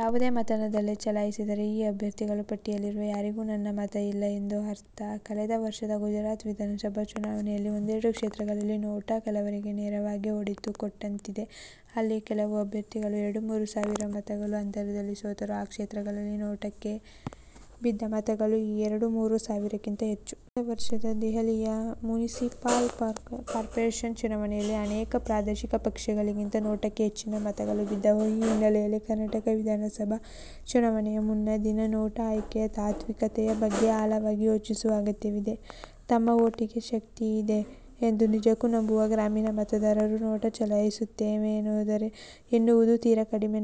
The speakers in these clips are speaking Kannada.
ಯಾವುದೇ ಮತದಾನದಲ್ಲಿ ಚಲಾಯಿಸಿದರೆ, 'ಈ ಅಭ್ಯರ್ಥಿಗಳ ಪಟ್ಟಿಯಲ್ಲಿರುವ ಯಾರಿಗೂ ನನ್ನ ಮತ ಇಲ್ಲ' ಎಂದು ಅರ್ಥ. ಕಳೆದ ವರ್ಷದ ಗುಜರಾತ್ ವಿಧಾನಸಭಾ ಚುನಾವಣೆಯಲ್ಲಿ ಒಂದೆರಡು ಕ್ಷೇತ್ರಗಳಲ್ಲಿ 'ನೋಟಾ' ಕೆಲವರಿಗೆ ನೇರವಾಗೇ ಹೊಡೆತ ಕೊಟ್ಟಂತಿದೆ. ಅಲ್ಲಿ ಕೆಲವು ಅಭ್ಯರ್ಥಿಗಳು ಎರಡು– ಮೂರು ಸಾವಿರ ಮತಗಳ ಅಂತರದಲ್ಲಿ ಸೋತರು; ಆ ಕ್ಷೇತ್ರಗಳಲ್ಲಿ 'ನೋಟಾ'ಕ್ಕೆ ಬಿದ್ದ ಮತಗಳು ಈ ಎರಡು– ಮೂರು ಸಾವಿರಕ್ಕಿಂತ ಹೆಚ್ಚು! ಕಳೆದ ವರ್ಷದ ದೆಹಲಿಯ ಮುನಿಸಿಪಲ್ ಕಾರ್ಪೊರೇಷನ್ ಚುನಾವಣೆಯಲ್ಲಿ ಅನೇಕ ಪ್ರಾದೇಶಿಕ ಪಕ್ಷಗಳಿಗಿಂತ 'ನೋಟಾ'ಕ್ಕೆ ಹೆಚ್ಚಿನ ಮತಗಳು ಬಿದ್ದವು. ಈ ಹಿನ್ನೆಲೆಯಲ್ಲಿ ಕರ್ನಾಟಕ ವಿಧಾನಸಭಾ ಚುನಾವಣೆಯ ಮುನ್ನಾ ದಿನ 'ನೋಟಾ' ಆಯ್ಕೆಯ ತಾತ್ವಿಕತೆಯ ಬಗ್ಗೆ ಆಳವಾಗಿ ಯೋಚಿಸುವ ಅಗತ್ಯವಿದೆ. ತಮ್ಮ ವೋಟಿಗೆ ಶಕ್ತಿಯಿದೆ ಎಂದು ನಿಜಕ್ಕೂ ನಂಬುವ ಗ್ರಾಮೀಣ ಮತದಾರರು 'ನೋಟಾ' ಚಲಾಯಿಸುತ್ತೇವೆ ಎನ್ನವುದು ತೀರಾ ಕಡಿಮೆ;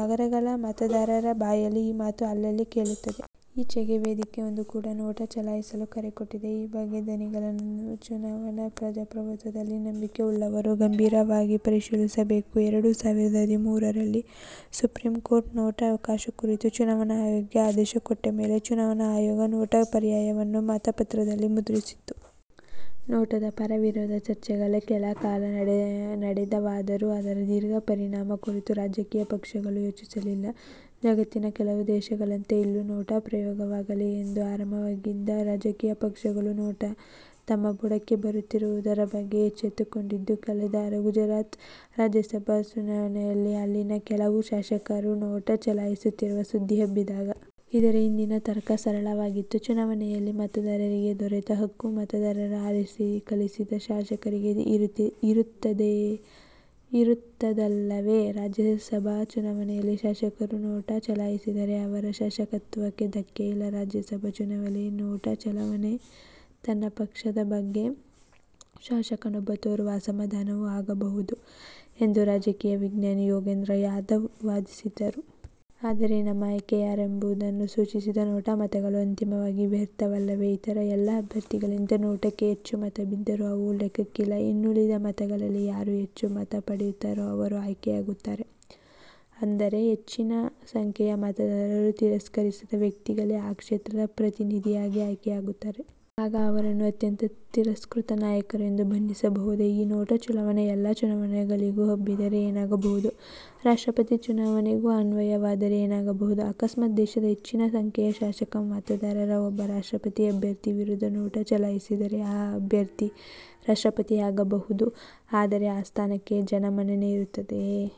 ನಗರಗಳ ಮತದಾರರ ಬಾಯಲ್ಲಿ ಈ ಮಾತು ಅಲ್ಲಲ್ಲಿ ಕೇಳುತ್ತಿದೆ. ಈಚೆಗೆ ವೇದಿಕೆಯೊಂದು ಕೂಡ 'ನೋಟಾ' ಚಲಾಯಿಸಲು ಕರೆ ಕೊಟ್ಟಿದೆ. ಈ ಬಗೆಯ ದನಿಗಳನ್ನು ಚುನಾವಣಾ ಪ್ರಜಾಪ್ರಭುತ್ವದಲ್ಲಿ ನಂಬಿಕೆಯುಳ್ಳವರು ಗಂಭೀರವಾಗಿ ಪರಿಶೀಲಿಸಬೇಕು. ಎರಡು ಸಾವಿರದ ಹದಿಮೂರರಲ್ಲಿ ಸುಪ್ರೀಂ ಕೋರ್ಟು, 'ನೋಟಾ' ಅವಕಾಶ ಕುರಿತು ಚುನಾವಣಾ ಆಯೋಗಕ್ಕೆ ಆದೇಶ ಕೊಟ್ಟ ಮೇಲೆ ಚುನಾವಣಾ ಆಯೋಗ 'ನೋಟಾ' ಪರ್ಯಾಯವನ್ನು ಮತಪತ್ರದಲ್ಲಿ ಮುದ್ರಿಸಿತು. 'ನೋಟಾ'ದ ಪರ, ವಿರೋಧ ಚರ್ಚೆಗಳು ಕೆಲಕಾಲ ನಡೆದವಾದರೂ ಅದರ ದೀರ್ಘ ಪರಿಣಾಮ ಕುರಿತು ರಾಜಕೀಯ ಪಕ್ಷಗಳು ಯೋಚಿಸಲಿಲ್ಲ. ಜಗತ್ತಿನ ಕೆಲವು ದೇಶಗಳಂತೆ ಇಲ್ಲೂ 'ನೋಟಾ' ಪ್ರಯೋಗವಾಗಲಿ ಎಂದು ಆರಾಮಾಗಿದ್ದ ರಾಜಕೀಯ ಪಕ್ಷಗಳು 'ನೋಟಾ' ತಮ್ಮ ಬುಡಕ್ಕೇ ಬರುತ್ತಿರುವುದರ ಬಗ್ಗೆ ಎಚ್ಚೆತ್ತುಕೊಂಡಿದ್ದು ಕಳೆದ ಗುಜರಾತ್ ರಾಜ್ಯಸಭಾ ಚುನಾವಣೆಯಲ್ಲಿ; ಅಲ್ಲಿನ ಕೆಲವು ಶಾಸಕರು 'ನೋಟಾ' ಚಲಾಯಿಸಲಿರುವ ಸುದ್ದಿ ಹಬ್ಬಿದಾಗ. ಇದರ ಹಿಂದಿನ ತರ್ಕ ಸರಳವಾಗಿತ್ತು: ಚುನಾವಣೆಯಲ್ಲಿ ಮತದಾರರಿಗೆ ದೊರೆತ ಹಕ್ಕು, ಮತದಾರರು ಆರಿಸಿ ಕಳಿಸಿದ ಶಾಸಕರಿಗೂ ಇರುತ್ತದಲ್ಲವೇ? ರಾಜ್ಯಸಭಾ ಚುನಾವಣೆಯಲ್ಲಿ ಶಾಸಕರು 'ನೋಟಾ' ಚಲಾಯಿಸಿದರೆ ಅವರ ಶಾಸಕತ್ವಕ್ಕೆ ಧಕ್ಕೆಯಿಲ್ಲ. 'ರಾಜ್ಯಸಭಾ ಚುನಾವಣೆಯಲ್ಲಿ 'ನೋಟಾ' ಚಲಾವಣೆ ತನ್ನ ಪಕ್ಷದ ಬಗ್ಗೆ ಶಾಸಕನೊಬ್ಬ ತೋರುವ ಅಸಮಾಧಾನವೂ ಆಗಬಹುದು' ಎಂದು ರಾಜಕೀಯ ವಿಜ್ಞಾನಿ ಯೋಗೇಂದ್ರ ಯಾದವ್ ವಾದಿಸಿದ್ದರು. ಆದರೆ, ನಮ್ಮ ಆಯ್ಕೆ ಯಾರೆಂಬುದನ್ನು ಸೂಚಿಸದ 'ನೋಟಾ' ಮತಗಳು ಅಂತಿಮವಾಗಿ ವ್ಯರ್ಥವಲ್ಲವೇ? ಇತರ ಎಲ್ಲ ಅಭ್ಯರ್ಥಿಗಳಿಗಿಂತ 'ನೋಟಾ'ಕ್ಕೆ ಹೆಚ್ಚು ಮತ ಬಿದ್ದರೂ ಅವು ಲೆಕ್ಕಕ್ಕಿಲ್ಲ. ಇನ್ನುಳಿದ ಮತಗಳಲ್ಲಿ ಯಾರು ಹೆಚ್ಚು ಮತ ಪಡೆಯುತ್ತಾರೋ ಅವರು ಆಯ್ಕೆಯಾಗುತ್ತಾರೆ. ಅಂದರೆ ಹೆಚ್ಚಿನ ಸಂಖ್ಯೆಯ ಮತದಾರರು ತಿರಸ್ಕರಿಸಿದ ವ್ಯಕ್ತಿಗಳೇ ಆ ಕ್ಷೇತ್ರದ ಪ್ರತಿನಿಧಿಯಾಗಿ ಆಯ್ಕೆ ಯಾಗುತ್ತಾರೆ. ಆಗ ಅವರನ್ನು 'ಅತ್ಯಂತ ತಿರಸ್ಕೃತ ನಾಯಕರು' ಎಂದು ಬಣ್ಣಿಸಬಹುದೇ! ಈ ನೋಟಾ ಚಲಾವಣೆ ಎಲ್ಲ ಚುನಾವಣೆಗಳಿಗೂ ಹಬ್ಬಿದರೆ ಏನಾಗಬಹುದು? ರಾಷ್ಟ್ರಪತಿ ಚುನಾವಣೆಗೂ ಅನ್ವಯವಾದರೆ ಏನಾಗಬಹುದು? ಅಕಸ್ಮಾತ್ ದೇಶದ ಹೆಚ್ಚಿನ ಸಂಖ್ಯೆಯ ಶಾಸಕ ಮತದಾರರು ಒಬ್ಬ ರಾಷ್ಟ್ರಪತಿ ಅಭ್ಯರ್ಥಿಯ ವಿರುದ್ಧ 'ನೋಟಾ' ಚಲಾಯಿಸಿದರೂ ಆ ಅಭ್ಯರ್ಥಿ ರಾಷ್ಟ್ರಪತಿಯಾಗಬಹುದು; ಆದರೆ ಆ ಸ್ಥಾನಕ್ಕೆ ಜನಮನ್ನಣೆ ಇರುತ್ತದೆಯೇ?